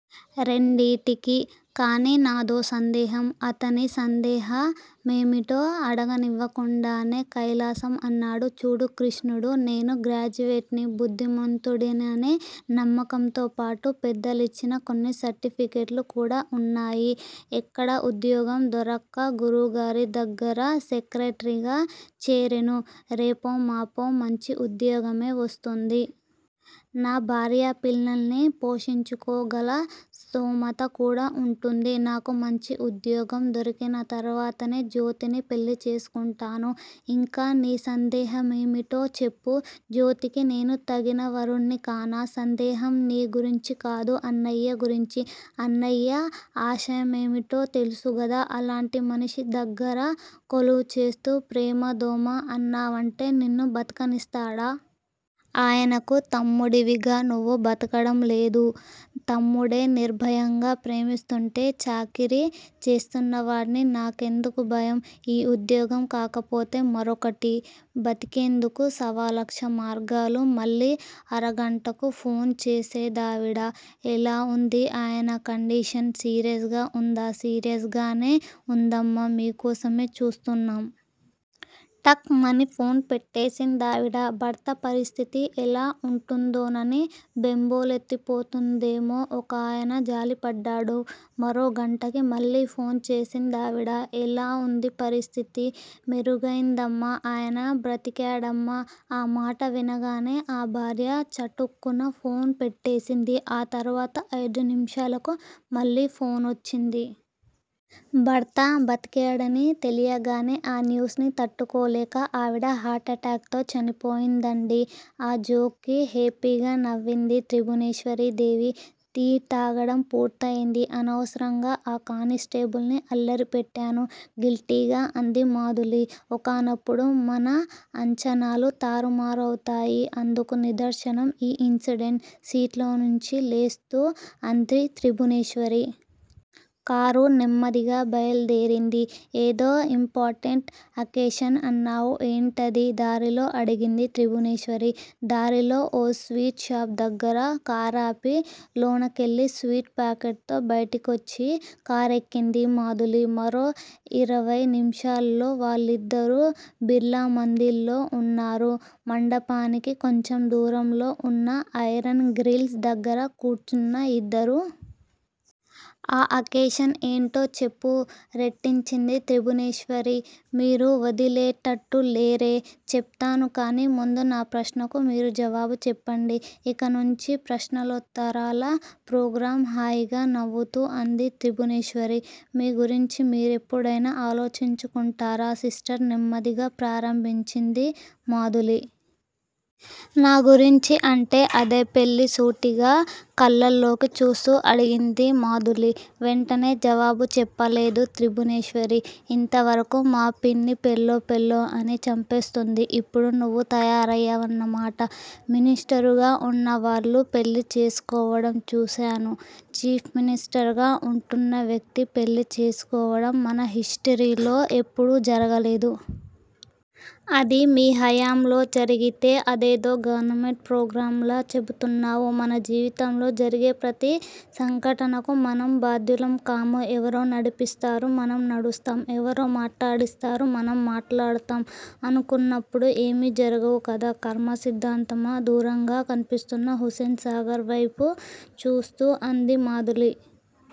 రెండింటికీ! కానీ నాదో సందేహం! అతని సందేహ మేమిటో అడగనీకుండానే కైలాసం అన్నాడు- చూడు కిష్టుడూ! నేను గ్రాడ్యుయేట్ ని, బుద్ధిమంతుడిననే నమ్మకంతోపాటు పెద్దలిచ్చిన కొన్ని సర్టిఫికెట్లు కూడా ఉన్నాయి. ఎక్కడా ఉద్యోగం దొరక్క గురువుగారిదగ్గిర సెక్రటరీగా చేరేను. రేపో మాపో మంచి ఉద్యోగమే వస్తుంది. నా భార్యాపిల్లల్ని పోషించుకోగల స్థోమత కూడా ఉంటుంది. నాకు మంచి ఉద్యోగం దొరికినతర్వాతనే జ్యోతిని పెళ్ళిచేసుకుంటాను. ఇంకా నీ సందేహమేమిటో చెప్పు? జ్యోతికి నేను తగిన వరుడ్ని కానా? సందేహం నీ గురించి కాదు-అన్నయ్య గురించి. అన్నయ్య ఆశయమేమిటో తెలుసుగదా! అలాంటి మనిషి దగ్గిర కొలువుచేస్తూ, ప్రేమా-దోమా అన్నావంటే నిన్ను బతకనిస్తాడా? ఆయనకి తమ్ముడివిగా నువ్వు బతకడంలేదూ? తమ్ముడే నిర్భయంగా ప్రేమిస్తుంటే-చాకిరీ చేస్తున్నవాడ్ని నాకెందుకు భయం? ఈ ఉద్యోగం కాకపోతే మరొకటి? బతికేందుకు సవాలక్ష మార్గాలు! మళ్ళీ అరగంటకు ఫోన్ చేసిందావిడ. ఎలా ఉంది ఆయన కండిషన్ సీరియస్ గా ఉందా సీరియస్ గానే ఉందమ్మా మీకోసమే చూస్తున్నాం. టక్ మని ఫోన్ పెట్టేసిందావిడ. భర్త పరిస్థితి ఎలా ఉంటుందోనని బెంబేలెత్తిపోతోందేమో ఒకాయన జాలిపడ్డాడు. మరో గంటకి మళ్ళీ ఫోన్ చేసిందావిడ. ఎలా ఉంది పరిస్థితి మెరుగైందమ్మా ఆయన బ్రతికాడమ్మా. ఆ మాట వినగానే ఆ భార్య చటుక్కున ఫోన్ పెట్టేసింది. ఆ తర్వాత ఐదు నిమిషాలకు మళ్ళీ ఫోనొచ్చింది. భర్త బతికాడని తెలియగానే ఆ న్యూస్ ని తట్టుకోలేక ఆవిడ హార్టు ఎటాక్ తో చనిపోయిందండి. ఆ జోక్ కి హేపీగా నవ్వింది త్రిభువనేశ్వరీదేవి. టీ తాగడం పూర్తయింది. అనవసరంగా ఆ కానిస్టేబుల్ని అల్లరి పెట్టాను గిల్టీగా అంది మధూలి. ఒక్కొక్కప్పుడు మన అంచనాలు తారుమారవుతాయి అందుకు నిదర్శనం ఈ ఇన్సిడెంట్ సీట్లోంచి లేస్తూ అంది త్రిభువనేశ్వరి. కారు నెమ్మదిగా బయలుదేరింది. ఏదో ఇంపార్టెంట్ అకేషన్ అన్నావ్ ఏంటది దారిలో అడిగింది త్రిభువనేశ్వరి. దారిలో ఓ స్వీట్ షాపు దగ్గర కారాపి లోనకెళ్ళి స్వీట్ పాకెట్ తో బయటికొచ్చి కారెక్కింది మధూలి. మరో ఇరవయ్ నిమిషాల్లో వాళ్ళిద్దరూ బిర్లామందిర్ లో ఉన్నారు. మండపానికి కొంచెం దూరంలో ఉన్న ఐరెన్ గ్రిల్స్ దగ్గర కూర్చున్నా రిద్దరు. ఆ అకేషన్ ఏంటో చెప్పు రెట్టించింది త్రిభువనేశ్వరి. మీరు వదిలేటట్టు లేరే! చెప్తాను కానీ ముందు నా ప్రశ్నకు మీరు జవాబు చెప్పండి. ఇక నుంచీ ప్రశ్నోత్తరాల ప్రోగ్రామా హాయిగా నవ్వుతూ అంది త్రిభువనేశ్వరి. మీ గురించి మీరెప్పుడైనా ఆలోచించుకుంటారా సిస్టర్ నెమ్మదిగా ప్రారంభించింది మధూలి. నా గురించి అంటే అదే పెళ్ళి సూటిగా కళ్ళల్లోకి చూస్తూ అడిగింది మధూలి. వెంటనే జవాబు చెప్పలేదు త్రిభువనేశ్వరి. ఇంతవరకూ మా పిన్ని పెళ్ళో పెళ్ళో అని చంపేస్తోంది. ఇప్పుడు నువ్వు తయారయావన్న మాట. మినిస్టరుగా ఉన్నవాళ్ళు పెళ్ళి చేసుకోవడం చూసాను. చీఫ్ మినిస్టర్ గా ఉంటున్న వ్యక్తి పెళ్ళి చేసుకోవడం మన హిస్టరీలో ఎప్పుడూ జరగలేదు. అది మీ హయాంలో జరిగితే. అదేదో గవర్నమెంట్ ప్రోగ్రామ్ లా చెపుతున్నావ్-మన జీవితంలో జరిగే ప్రతి సంఘటనకూ మనం బాధ్యులం కాము. ఎవరో నడిపిస్తారు- మనం నడుస్తాం. ఎవరో మాట్లాడిస్తారు- మనం మాట్లాడతాం అనుకున్నప్పుడు ఏమీ జరగవు కదా. కర్మ సిద్దాంతమా దూరంగా కన్పిస్తున్న హుసేన్ సాగర్ వేపు చూస్తూ అంది మధూలి.